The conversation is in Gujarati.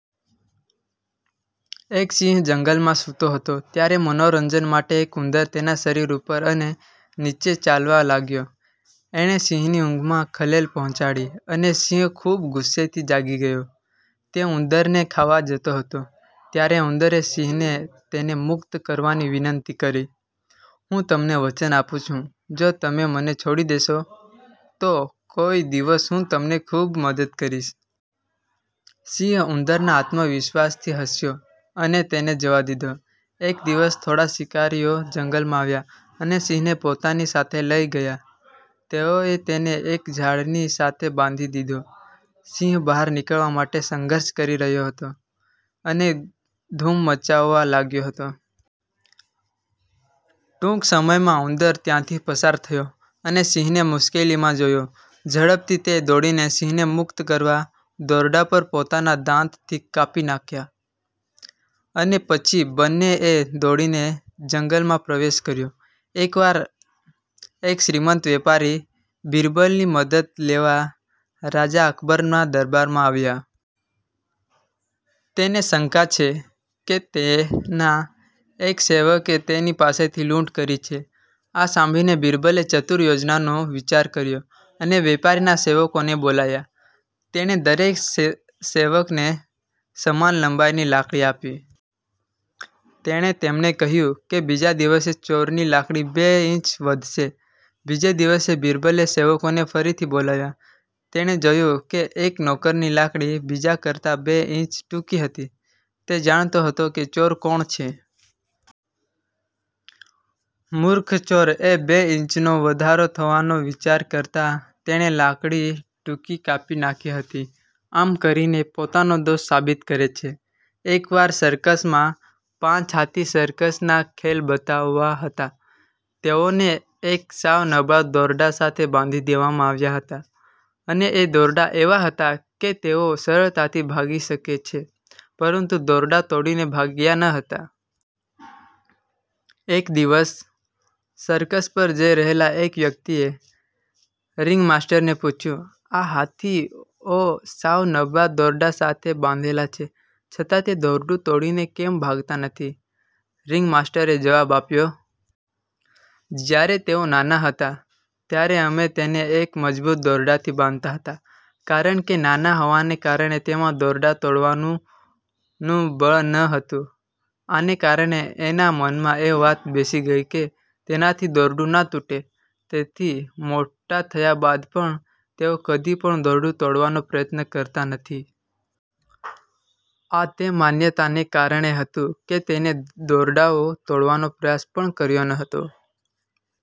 એક સિંહ જંગલમાં સૂતો હતો, ત્યારે મનોરંજન માટે એક ઉંદર તેના શરીર ઉપર અને નીચે ચાલવા લાગ્યો. એણે સિંહની ઊંઘમાં ખલેલ પહોંચાડી, અને સિંહ ખૂબ ગુસ્સે થી જાગી ગયો. તે ઉંદર ને ખાવા જતો હતો, ત્યારે ઉંદરે સિંહને તેને મુક્ત કરવાની વિનંતી કરી "હું તમને વચન આપું છું, જો તમે મને છોડી દેશો, તો કોઈક દિવસ હું તમને ખૂબ મદદ કરીશ. " સિંહ ઉંદર ના આત્મવિશ્વાસથી હસ્યો અને તેને જવા દીધો. એક દિવસ, થોડા શિકારી ઓ જંગલમાં આવ્યા અને સિંહ ને પોતાની સાથે લઈ ગયા. તેઓએ તેને એક ઝાડની સાથે બાંધી દીધો. સિંહ બહાર નીકળવા માટે સંઘર્ષ કરી રહ્યો હતો અને ધૂમ મચાવવા લાગ્યો હતો. ટૂંક સમયમાં, ઉંદર ત્યાંથી પસાર થયો, અને સિંહને મુશ્કેલીમાં જોયો. ઝડપથી, તે દોડીને સિંહને મુક્ત કરવા દોરડા પર પોતાના દાંત થી કાપી નાખ્યા. અને પછી બને એ દોડીને જંગલમાં પ્રવેશ કર્યો. એકવાર, એક શ્રીમંત વેપારી બીરબલની મદદ લેવા રાજા અકબરના દરબારમાં આવ્યા. તેને શંકા છે કે તેના એક સેવકે તેની પાસેથી લૂંટ કરી છે. આ સાંભળીને બીરબલે ચતુર યોજના નો વિચાર કર્યો અને વેપારી ના સેવકોને બોલાવ્યા. તેણે દરેક સેવ સેવકને સમાન લંબાઈ ની લાકડી આપી. તેણે તેમને કહ્યું કે બીજા દિવસે ચોરની લાકડી બે ઇંચ વધશે. બીજે દિવસે બીરબલે સેવકોને ફરીથી બોલાવ્યા. તેણે જોયું કે એક નોકર ની લાકડી બીજા કરતા બે ઇંચ ટૂંકી હતી. તે જાણતો હતો કે ચોર કોણ છે. મૂર્ખ ચોર બે ઇંચ નો વધારો થવાનો વિચાર કરતાં તેણે લાકડી ટૂંકી કાપી નાખી હતી. આમ, કરીને પોતાનો દોષ સાબિત કરે છે. એકવાર સર્કસમાં, પાંચ હાથી સર્કસ ના ખેલ બતાવતા હતા. તેઓ ને એક સાવ નબળા દોરડા સાથે બાંધી દેવામાં આવ્યા હતા, અને એ દોરડા એવા હતા કે તેઓ સરળતાથી ભાગી શકે છે, પરંતુ દોરડા તોડીને ભાગ્યા ન હતા. એક દિવસ, સર્કસ પર જઈ રહેલા એક વ્યક્તિ એ રિંગમાસ્ટરને પૂછ્યું: "આ હાથી ઓ સાવ નબળા દોરડા સાથે બાંધેલા છે, છતાં તે દોરડું તોડી ને કેમ ભાગતા નથી? " રીંગ માસ્ટર એ જવાબ આપ્યો: "જ્યારે તેઓ નાના હતા, ત્યારે અમે તેને એક મજબૂત દોરડા થી બાંધતા હતા, કારણ કે નાના હોવાને કારણે તેમાં દોરડા તોડવાનું નું બળ ન હતું, આને કારણે એના મનમાં એ વાત બેસી ગઈ કે તેનાથી દોરડું ના તૂટે, તેથી મોટા થયા બાદ પણ તેઓ કદી પણ દોરડું તોડવાનો પ્રયત્ન કરતા નથી. "આ તે માન્યતાને કારણે હતું કે તેણે દોરડાઓ તોડવાનો પ્રયાસ પણ કર્યો ન હતો.